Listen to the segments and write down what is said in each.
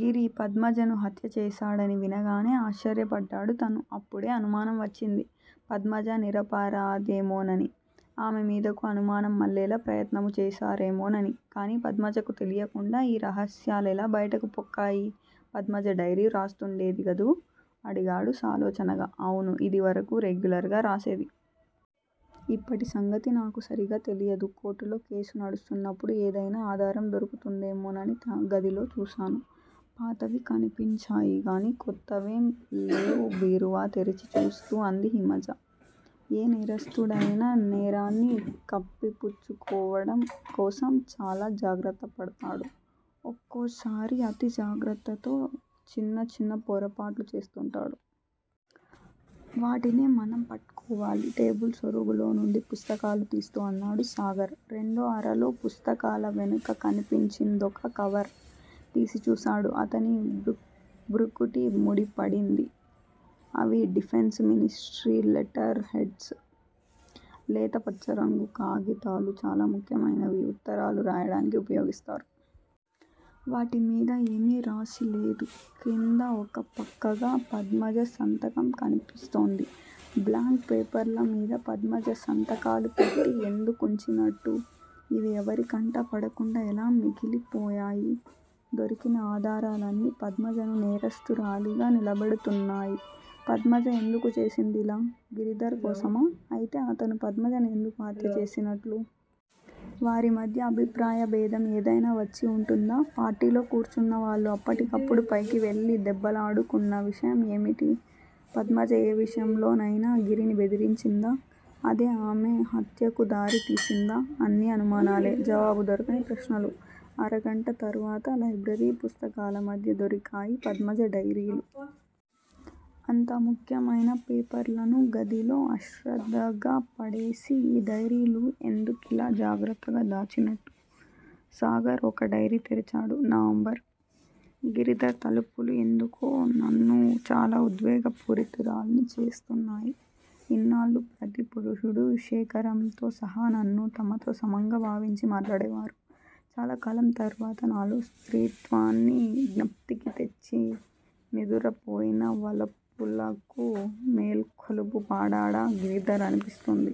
గిరి పద్మజను హత్య చేశాడని వినగానే ఆశ్చర్యపడ్డాడు తను. అప్పుడే అనుమానం వచ్చింది. పద్మజ నిరపరాధేమోనని, ఆమె మీదకు అనుమానం మళ్లేలా ప్రయత్నము చేశారేమోనని కానీ పద్మజకు తెలియకుండా ఈ రహస్యాలెలా బయటకు పొక్కాయి? పద్మజ డైరీ వ్రాస్తుండేది గదూ? అడిగాడు సాలోచనగా. అవును, ఇదివరకు రెగ్యులర్ గా వ్రాసేది. ఇప్పటి సంగతి నాకు సరిగా తెలియదు. కోర్టులో కేసు నడుస్తున్నప్పుడు ఏదయినా ఆధారం దొరుకుతుందేమోనని గదిలో చూశాను. పాతవి కనిపించాయి గాని కొత్తవేం లేవు బీరువా తెరచి చూస్తూ అంది హిమజ. ఏ నేరస్థుడయినా నేరాన్ని కప్పిపుచ్చుకోవడం కోసం చాలా జాగ్రత్తపడతాడు. ఒక్కోసారి అతి జాగ్రత్తతో చిన్న చిన్న పొరపాట్లు చేస్తుంటాడు. వాటినే మనం పట్టుకోవాలి టేబుల్ సొరుగులో నుండి పుస్తకాలు తీస్తూ అన్నాడు సాగర్. రెండో అరలో పుస్తకాల వెనక కనిపించిందొక కవర్. తీసి చూశాడు. అతని భృకుటి ముడిపడింది. అవి డిఫెన్సు మినిస్ట్రీ లెటర్ హెడ్స్. లేతపచ్చరంగు కాగితాలు చాలా ముఖ్యమైనవి ఉత్తరాలు వ్రాయడానికి ఉపయోగిస్తారు. వాటి మీద ఏమీ వ్రాసిలేదు. క్రింద ఒక పక్కగా పద్మజ సంతకం కనిపిస్తోంది. బ్లాంక్ పేపర్లమీద పద్మజ సంతకాలు పెట్టి ఎందుకుంచినట్టు? ఇవి ఎవరికంటాపడకుండా ఎలా మిగిలిపోయాయి? దొరికిన ఆధారాలన్నీ పద్మజను నేరస్తురాలిగా నిలబెడుతున్నాయి. పద్మజ ఎందుకు చేసిందిలా? గిరిధర్ కోసమా? అయితే అతను పద్మజను ఎందుకు హత్యచేసినట్లు? వారి మధ్య అభిప్రాయభేదం ఏదైనా వచ్చి వుంటుందా? పార్టీలో కూర్చున్నవాళ్ళు అప్పటికప్పుడు పైకి వెళ్ళి దెబ్బలాడుకున్న విషయం ఏమిటి? పద్మజ ఏ విషయంలోనయినా గిరిని బెదిరించిందా? అదే ఆమె హత్యకు దారితీసిందా? అన్నీ అనుమానాలే. జవాబు దొరకని ప్రశ్నలు. అరగంట తర్వాత లైబ్రరీ పుస్తకాల మధ్య దొరికాయి పద్మజ డైరీలు. అంత ముఖ్యమైన పేపర్లను గదిలో అశ్రద్దగా పడేసి ఈ డైరీలు ఎందుకిలా జాగ్రత్తగా దాచినట్టు? సాగర్ ఒక డైరీ తెరిచాడు. నవంబరు: గిరిధర్ తలపులు ఎందుకో నన్ను చాలా ఉద్వేగ పూరితురాల్ని చేస్తున్నాయి, ఇన్నాళ్ళూ ప్రతి పురుషుడూ శేఖరంతో సహా నన్ను తమతో సమంగా భావించి మాట్లాడేవారు, చాలాకాలం తర్వాత నాలో స్త్రీత్వాన్ని జ్ఞప్తికి తెచ్చి నిదురపోయిన వలపులకు మేల్కొలుపు పాడాడా గిరిధర్ అనిపిస్తోంది.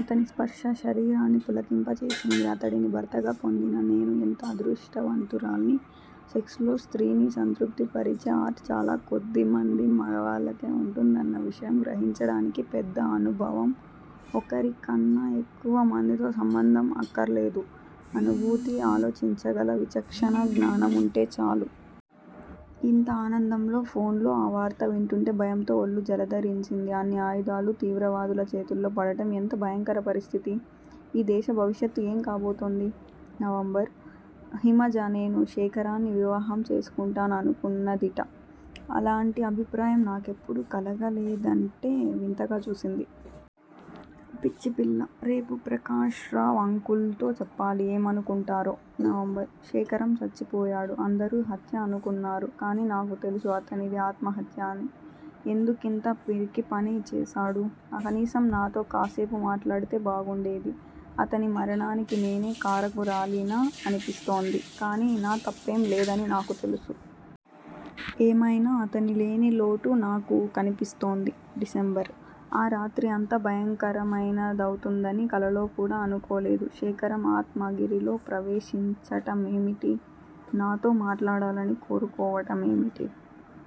అతని స్పర్శ శరీరాన్ని పులకింపజేసింది. అతడిని భర్తగా పొందిన నేను ఎంత అదృష్టవంతురాల్ని. సెక్స్ లో స్త్రీని సంతృప్తిపరిచే ఆర్ట్ చాలా కొద్దిమంది మగవాళ్ళకే వుంటుందన్న విషయం గ్రహించడానికి పెద్ద అనుభవం, ఒకరికన్నా ఎక్కువ మందితో సంబంధం అక్కర్లేదు. అనుభూతి, ఆలోచించగల విచక్షణా జ్ఞానం వుంటే చాలు. ఇంత ఆనందంలో ఫోన్లో ఆ వార్త వింటుంటే భయంతో ఒళ్ళు జలదరించింది. అన్ని ఆయుధాలు తీవ్రవాదుల చేతుల్లో పడడం ఎంత భయంకర పరిస్థితి! ఈ దేశ భవిష్యత్తు ఏం కాబోతుంది? నవంబరు: హిమజ నేను శేఖరాన్ని వివాహం చేసుకుంటాననుకున్నదిట. అలాంటి అభిప్రాయం నాకెప్పుడూ కలగలేదంటే వింతగా చూసింది. పిచ్చిపిల్ల. రేపు ప్రకాశరావు అంకుల్ తో చెప్పాలి. ఏమనుకుంటారో? నవంబరు: శేఖరం చచ్చిపోయాడు. అందరూ హత్య అనుకున్నారు. కాని నాకు తెలుసు అతనిది ఆత్మహత్య అని. ఎందుకింత పిరికిపని చేశాడు? కనీసం నాతో కాస్సేపు మాట్లాడితే బాగుండేది. అతని మరణానికి నేనె కారకురాలినా అనిపిస్తోంది. కాని నా తప్పేం లేదని నాకు తెలుసు. ఏమయినా అతని లేని లోటు నాకు కనిపిస్తోంది. డిసెంబరు: ఆ రాత్రి అంత భయంకరమైనదవుతుందని కలలో కూడా అనుకోలేదు. శేఖరం ఆత్మ గిరిలో ప్రవేశించటమేమిటి? నాతో మాట్లాడాలని కోరుకోవటమేమిటి?